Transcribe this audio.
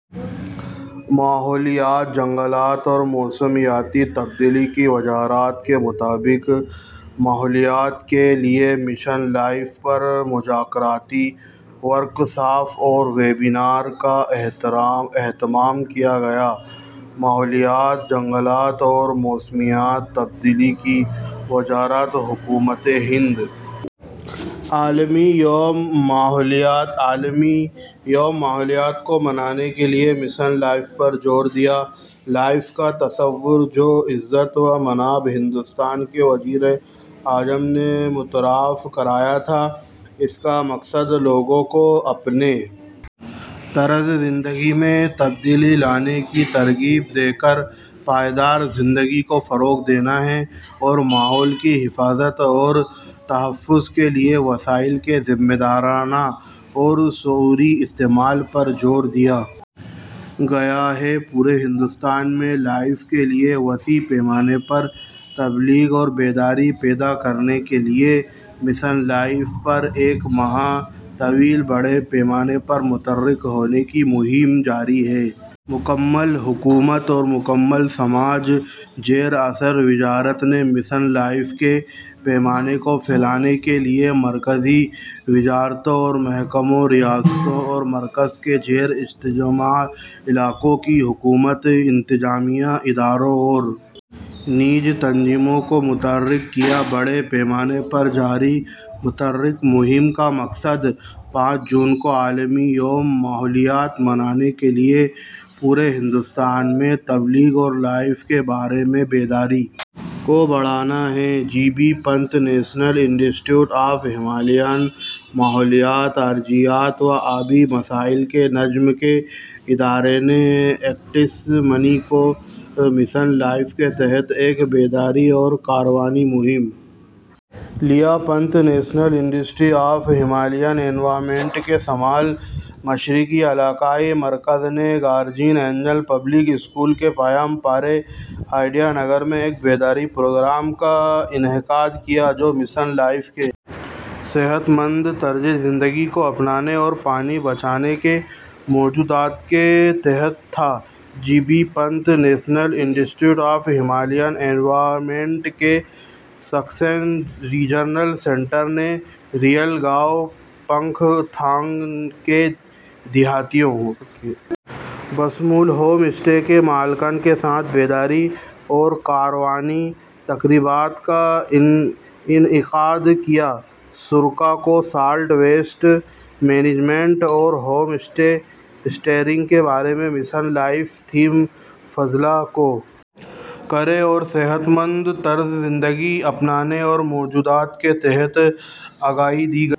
ماحولیات جنگلات اور موسمیاتی تبدیلی کی وزارت کے مطابق ماحولیات کے لیے مشن لائف پر مذاکراتی ورکشاپ اور ویبینار کا اہتمام کیا گیا ماحولیات جنگلات اور موسمیاتی تبدیلی کی وزارت حکومت ہند نے عالمی یوم ماحولیات کو منانے کے لیے مشن لائف پر زور دیا ہے لائف کا تصور جو عزت مآب ہندوستان کے وزیر اعظم نے متعارف کرایا تھا اس کا مقصد لوگوں کو اپنے طرز زندگی میں تبدیلیاں لانے کی ترغیب دے کر پائیدار زندگی کو فروغ دینا ہے اور ماحول کی حفاظت اور تحفظ کے لیے وسائل کے ذمہ دارانہ اور شعوری استعمال پر زور دیا گیا ہے پورے ہندوستان میں لائف کے لیے وسیع پیمانے پر تبلیغ اور بیداری پیدا کرنے کے لیے مشن لائف پر ایک ماہ طویل بڑے پیمانے پر متحرک ہونے کی مہم جاری ہے مکمل حکومت اور مکمل سماج کے زیر اثر وزارت نے مشن لائف کے پیغام کو پھیلانے کے لیے مرکزی وزارتوں محکموں ریاستوں اور مرکز کے زیر انتظام علاقوں کی حکومتوں انتظامیہ اداروں اور نجی تنظیموں کو متحرک کیا ہے بڑے پیمانے پر جاری متحرک مہم کا مقصد پانچ جون کو عالمی یوم ماحولیات منانے کے لیے پورے ہندوستان میں تبلیغ اور لائف کے بارے میں بیداری کو بڑھانا ہے جی بی پنت نیشنل انسٹی ٹیوٹ آف ہمالیائی ماحولیات ارضیات و آبی وسائل کے نظم کے ادارے نے اکتیس مئی کو مشن لائف کے تحت ایک بیداری اور کارروائی مہم لیا پنت نیشنل انسٹی ٹیوٹ آف ہمالین انوائرنمنٹ کے شمال مشرقی علاقائی مرکز نے guardian angel public school Papum Pare ایٹا نگر میں ایک بیداری پروگرام کا انعقاد کیا جو مشن لائف کے صحت مند طرز زندگی کو اپنائیں اور پانی بچائیں کے موضوعات کے تحت تھا جی بی پنت نیشنل انسٹی ٹیوٹ آف ہمالین انوائرنمنٹ کے سکم ریجنل سینٹر نے ریل گاؤں پنگتھانگ کے دیہاتیوں بشمول ہوم اسٹے کے مالکان کے ساتھ بیداری اور کارروائی تقریبات کا انعقاد کیا شرکا کو سالڈ ویسٹ مینجمنٹ اور ہوم اسٹے اسٹیئرنگ کے بارے میں مشن لائف کے تھیم فضلہ کو کم کریں اور صحت مند طرز زندگی اپنائیں موضوعات کے تحت آگاہی دی گئی